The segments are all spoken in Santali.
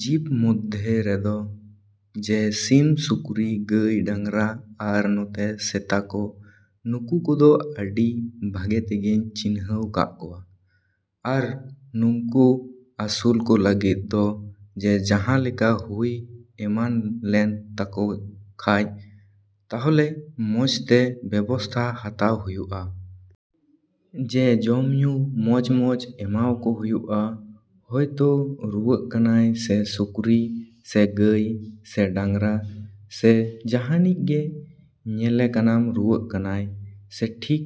ᱡᱤᱵᱽ ᱢᱚᱫᱽᱫᱷᱮ ᱨᱮᱫᱚ ᱡᱮ ᱥᱤᱢ, ᱥᱩᱠᱨᱤ, ᱜᱟᱹᱭ, ᱰᱟᱝᱨᱟ ᱟᱨ ᱱᱚᱛᱮ ᱥᱮᱛᱟ ᱠᱚ ᱱᱩᱠᱩ ᱠᱚᱫᱚ ᱟᱹᱰᱤ ᱵᱷᱟᱜᱮ ᱛᱮᱜᱤᱧ ᱪᱤᱱᱦᱟᱹᱣ ᱠᱟᱜ ᱠᱚᱣᱟ᱾ ᱟᱨ ᱱᱩᱝᱠᱩ ᱟᱹᱥᱩᱞ ᱠᱚ ᱞᱟᱹᱜᱤᱫ ᱫᱚ ᱡᱮ ᱡᱟᱦᱟᱸ ᱞᱮᱠᱟ ᱦᱩᱭ ᱮᱢᱟᱱ ᱞᱮᱱ ᱛᱟᱠᱚ ᱠᱷᱟᱡ ᱛᱟᱦᱚᱞᱮ ᱢᱚᱡᱽ ᱛᱮ ᱵᱮᱵᱚᱥᱛᱷᱟ ᱦᱟᱛᱟᱣ ᱦᱩᱭᱩᱜ-ᱟ᱾ ᱡᱮ ᱡᱚᱢ ᱧᱩ ᱢᱚᱡᱽ ᱢᱚᱡᱽ ᱮᱢᱟᱣ ᱠᱚ ᱦᱩᱭᱩᱜ-ᱟ᱾ ᱦᱚᱭᱛᱳ ᱨᱩᱣᱟᱹᱜ ᱠᱟᱱᱟᱭ ᱥᱮ ᱥᱩᱠᱨᱤ, ᱥᱮ ᱜᱟᱹᱭ, ᱥᱮ ᱰᱟᱝᱨᱟ, ᱥᱮ ᱡᱟᱦᱟᱱᱤᱡ ᱜᱮ ᱧᱮᱞᱮ ᱠᱟᱱᱟᱢ ᱨᱩᱣᱟᱹᱜ ᱠᱟᱱᱟᱭ ᱥᱮ ᱴᱷᱤᱠ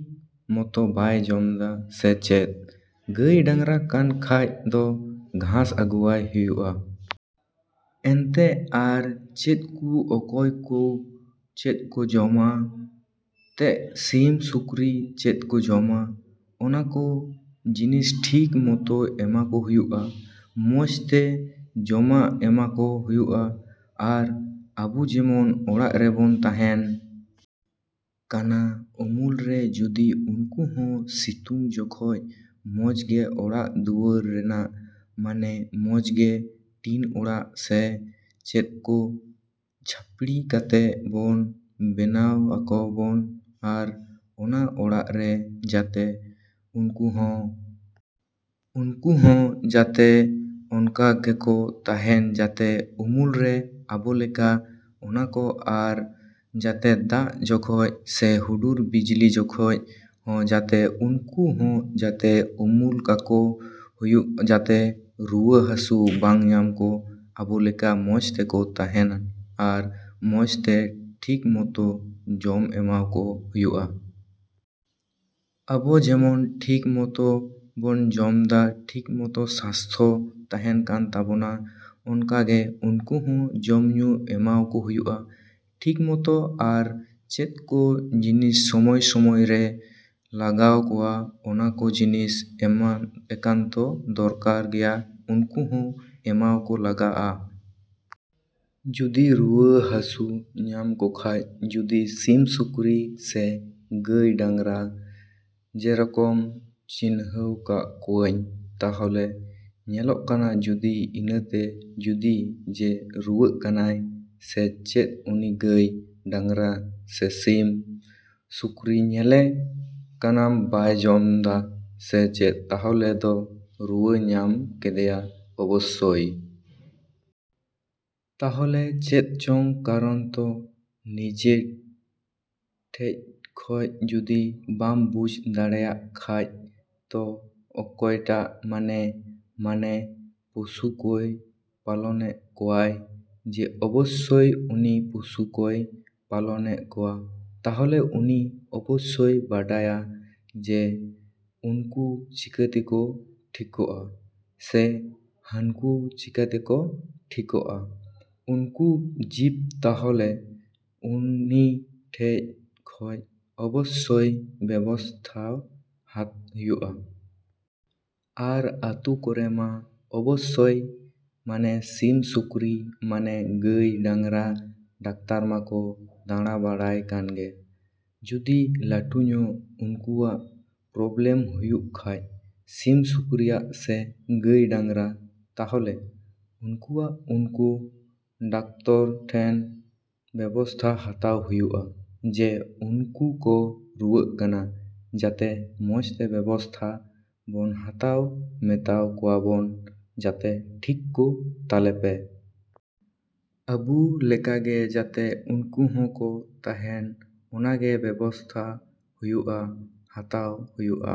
ᱢᱚᱛᱳ ᱵᱟᱭ ᱡᱚᱢᱫᱟ ᱥᱮ ᱪᱮᱫ? ᱜᱟᱹᱭ ᱰᱟᱝᱨᱟ ᱠᱟᱱ ᱠᱷᱟᱡ ᱫᱚ ᱜᱷᱟᱥ ᱟᱹᱜᱩᱣᱟᱭ ᱦᱩᱭᱩᱜ-ᱟ᱾ ᱮᱱᱛᱮᱜ ᱟᱨ ᱪᱮᱫᱠᱩ ᱚᱠᱚᱭ ᱠᱩ ᱪᱮᱫ ᱠᱚ ᱡᱚᱢᱟ ᱛᱮᱜ ᱥᱤᱢ ᱥᱩᱠᱨᱤ ᱪᱮᱫ ᱠᱚ ᱡᱚᱢᱟ ᱚᱱᱟ ᱠᱚ ᱡᱤᱱᱤᱥ ᱴᱷᱤᱠ ᱢᱚᱛᱳ ᱮᱢᱟ ᱠᱚ ᱦᱩᱭᱩᱜ-ᱟ᱾ ᱢᱚᱡᱽ ᱛᱮ ᱡᱚᱢᱟᱜ ᱮᱢᱟᱠᱚ ᱦᱩᱭᱩᱜ-ᱟ᱾ ᱟᱨ ᱟᱹᱵᱩ ᱡᱮᱢᱚᱱ ᱚᱲᱟᱜ ᱨᱮᱵᱚᱱ ᱛᱟᱦᱮᱱ ᱠᱟᱱᱟ ᱩᱢᱩᱞ ᱨᱮ ᱡᱩᱫᱤ ᱩᱱᱠᱩ ᱦᱚᱸ ᱥᱤᱛᱩᱝ ᱡᱚᱠᱷᱚᱡ ᱢᱚᱡᱽ ᱜᱮ ᱚᱲᱟᱜ ᱫᱩᱣᱟᱹᱨ ᱨᱮᱱᱟᱜ ᱢᱟᱱᱮ ᱢᱚᱡᱽ ᱜᱮ ᱴᱤᱱ ᱚᱲᱟᱜ ᱥᱮ ᱪᱮᱫ ᱠᱚ ᱪᱷᱟᱯᱲᱤ ᱠᱟᱛᱮᱜ ᱵᱚᱱ ᱵᱮᱱᱟᱣ ᱠᱚᱣᱟᱵᱚᱱ ᱟᱨ ᱚᱱᱟ ᱚᱲᱟᱜ ᱨᱮ ᱡᱟᱛᱮ ᱩᱱᱠᱩ ᱦᱚᱸ ᱩᱱᱠᱩ ᱦᱚᱸ ᱡᱟᱛᱮ ᱚᱱᱠᱟ ᱜᱮᱠᱚ ᱛᱟᱦᱮᱱ ᱡᱟᱛᱮ ᱩᱢᱩᱞ ᱨᱮ ᱟᱵᱚ ᱞᱮᱠᱟ ᱚᱱᱟᱠᱚ ᱟᱨ ᱡᱟᱛᱮ ᱫᱟᱜ ᱡᱚᱠᱷᱚᱡ ᱥᱮ ᱦᱩᱰᱩᱨ ᱵᱤᱡᱽᱞᱤ ᱡᱚᱠᱷᱚᱡ ᱦᱚᱸ ᱡᱟᱛᱮ ᱩᱱᱠᱩ ᱦᱚᱸ ᱡᱟᱛᱮ ᱩᱢᱩᱞ ᱠᱟᱠᱚ ᱦᱩᱭᱩᱜ ᱡᱟᱛᱮ ᱨᱩᱣᱟᱹ ᱦᱟᱹᱥᱩ ᱵᱟᱝ ᱧᱟᱢ ᱠᱚ ᱟᱵᱚ ᱞᱮᱠᱟ ᱢᱚᱡᱽ ᱛᱮᱠᱚ ᱛᱟᱦᱮᱱ ᱟᱨ ᱢᱚᱡᱽ ᱛᱮ ᱴᱷᱤᱠ ᱢᱚᱛᱳ ᱡᱚᱢ ᱮᱢᱟᱣ ᱠᱚ ᱦᱩᱭᱩᱜ-ᱟ᱾ ᱟᱵᱚ ᱡᱮᱢᱚᱱ ᱴᱷᱤᱠ ᱢᱚᱛᱳ ᱵᱚᱱ ᱡᱚᱢᱫᱟ ᱴᱷᱤᱠ ᱢᱚᱛᱳ ᱥᱟᱥᱛᱷᱚ ᱛᱟᱦᱮᱱ ᱠᱟᱱ ᱛᱟᱵᱳᱱᱟ ᱚᱱᱠᱟᱜᱮ ᱩᱱᱠᱩ ᱦᱚᱸ ᱡᱚᱢ ᱧᱩ ᱮᱢᱟᱣ ᱠᱚ ᱦᱩᱭᱩᱜ-ᱟ ᱴᱷᱤᱠ ᱢᱚᱛᱚ ᱟᱨ ᱪᱮᱫ ᱠᱚ ᱡᱤᱱᱤᱥ ᱥᱚᱢᱚᱭ ᱥᱚᱢᱚᱭ ᱨᱮ ᱞᱟᱜᱟᱣ ᱠᱚᱣᱟ ᱚᱱᱟ ᱠᱚ ᱡᱤᱱᱤᱥ ᱮᱠᱟᱱᱛᱚ ᱫᱚᱨᱠᱟᱨ ᱜᱮᱭᱟ ᱩᱱᱠᱩ ᱦᱚᱸ ᱮᱢᱟᱣ ᱠᱚ ᱞᱟᱜᱟᱜ-ᱟ᱾ ᱡᱩᱫᱤ ᱨᱩᱣᱟᱹ ᱦᱟᱹᱥᱩ ᱧᱟᱢ ᱠᱚᱠᱷᱟᱡ ᱡᱩᱫᱤ ᱥᱤᱢ, ᱥᱩᱠᱨᱤ ᱥᱮ ᱜᱟᱹᱭ, ᱰᱟᱝᱨᱟ ᱡᱮᱨᱚᱠᱚᱢ ᱪᱤᱱᱦᱟᱹᱣ ᱠᱟᱜ ᱠᱚᱣᱟᱧ ᱛᱟᱦᱞᱮ ᱧᱮᱞᱚᱜ ᱠᱟᱱᱟ ᱡᱩᱫᱤ ᱤᱱᱟᱹᱛᱮ ᱡᱩᱫᱤ ᱡᱮ ᱨᱩᱣᱟᱹᱜ ᱠᱟᱱᱟᱭ ᱥᱮ ᱪᱮᱫ ᱩᱱᱤ ᱜᱟᱹᱭ, ᱰᱟᱝᱨᱟ ᱥᱮ ᱥᱤᱢ, ᱥᱩᱠᱨᱤ ᱧᱮᱞᱮ ᱠᱟᱱᱟᱢ ᱵᱟᱭ ᱡᱚᱢᱫᱟ ᱥᱮ ᱪᱮᱫ ᱛᱟᱦᱞᱮ ᱫᱚ ᱨᱩᱣᱟᱹ ᱧᱟᱢ ᱠᱮᱫᱮᱭᱟ ᱚᱵᱚᱥᱥᱳᱭ᱾ ᱛᱟᱦᱞᱮ ᱪᱮᱫ ᱪᱚᱝ ᱠᱟᱨᱚᱱ ᱛᱚ ᱱᱤᱡᱮ ᱴᱷᱮᱡ ᱠᱷᱚᱡ ᱡᱩᱫᱤ ᱵᱟᱢ ᱵᱩᱡᱽ ᱫᱟᱲᱮᱭᱟᱜ ᱠᱷᱟᱡ ᱛᱚ ᱚᱠᱚᱭᱴᱟᱜ ᱢᱟᱱᱮ ᱢᱟᱱᱮ ᱯᱚᱥᱩ ᱠᱚᱭ ᱯᱟᱞᱚᱱᱮᱜ ᱠᱚᱣᱟᱭ ᱡᱮ ᱚᱵᱚᱥᱥᱚᱭ ᱩᱱᱤ ᱯᱚᱥᱩ ᱠᱚᱭ ᱯᱟᱞᱚᱱᱮᱜ ᱠᱚᱣᱟ ᱛᱟᱦᱞᱮ ᱩᱱᱤ ᱚᱵᱚᱥᱥᱚᱭ ᱵᱟᱰᱟᱭᱟ ᱡᱮ ᱱᱩᱠᱩ ᱪᱤᱠᱟ ᱛᱮᱠᱚ ᱴᱷᱤᱠᱚᱜ-ᱟ ᱥᱮ ᱦᱟᱹᱱᱠᱩ ᱪᱤᱠᱟ ᱛᱮᱠᱚ ᱴᱷᱤᱠᱚᱜ-ᱟ ᱩᱱᱠᱩ ᱡᱤᱵᱽ ᱛᱟᱦᱞᱮ ᱩᱱᱤ ᱴᱷᱮᱡ ᱠᱷᱚᱡ ᱚᱵᱚᱥᱥᱚᱭ ᱵᱮᱵᱚᱥᱛᱷᱟᱭ ᱦᱩᱭᱩᱜ-ᱟ᱾ ᱟᱨ ᱟᱹᱛᱩ ᱠᱚᱨᱮ ᱢᱟ ᱚᱵᱚᱥᱥᱚᱭ ᱢᱟᱱᱮ ᱥᱤᱢ, ᱥᱩᱠᱨᱤ, ᱢᱟᱱᱮ ᱜᱟᱹᱭ, ᱰᱟᱝᱨᱟ ᱰᱟᱠᱛᱟᱨ ᱢᱟᱠᱚ ᱫᱟᱬᱟ ᱵᱟᱲᱟᱭ ᱠᱟᱱᱜᱮ ᱡᱩᱫᱤ ᱞᱟᱹᱴᱩ ᱧᱚᱜ ᱩᱱᱠᱩᱣᱟᱜ ᱯᱨᱚᱵᱞᱮᱢ ᱦᱩᱭᱩᱜ ᱠᱷᱟᱡ ᱥᱤᱢ, ᱥᱩᱠᱨᱤᱭᱟᱜ ᱥᱮ ᱜᱟᱹᱭ, ᱰᱟᱝᱨᱟ ᱛᱟᱦᱞᱮ ᱩᱱᱠᱩᱣᱟᱜ ᱩᱱᱠᱩ ᱰᱟᱠᱛᱚᱨ ᱴᱷᱮᱱ ᱵᱮᱵᱚᱥᱛᱷᱟ ᱦᱟᱛᱟᱣ ᱦᱩᱭᱩᱜ-ᱟ ᱡᱮ ᱩᱱᱠᱩ ᱠᱚ ᱨᱩᱣᱟᱹᱜ ᱠᱟᱱᱟ ᱡᱟᱛᱮ ᱢᱚᱡᱽᱛᱮ ᱵᱮᱵᱚᱥᱛᱷᱟ ᱵᱚᱱ ᱦᱟᱛᱟᱣ ᱢᱮᱛᱟᱣ ᱠᱚᱣᱟᱵᱚᱱ ᱡᱟᱛᱮ ᱴᱷᱤᱠ ᱠᱚ ᱛᱟᱞᱮ ᱯᱮ᱾ ᱟᱹᱵᱩ ᱞᱮᱠᱟᱜᱮ ᱡᱟᱛᱮ ᱩᱱᱠᱩ ᱦᱚᱸᱠᱚ ᱛᱟᱦᱮᱱ ᱚᱱᱟᱜᱮ ᱵᱮᱵᱚᱥᱛᱷᱟ ᱦᱩᱭᱩᱜ-ᱟ ᱦᱟᱛᱟᱣ ᱦᱩᱭᱩᱜ-ᱟ᱾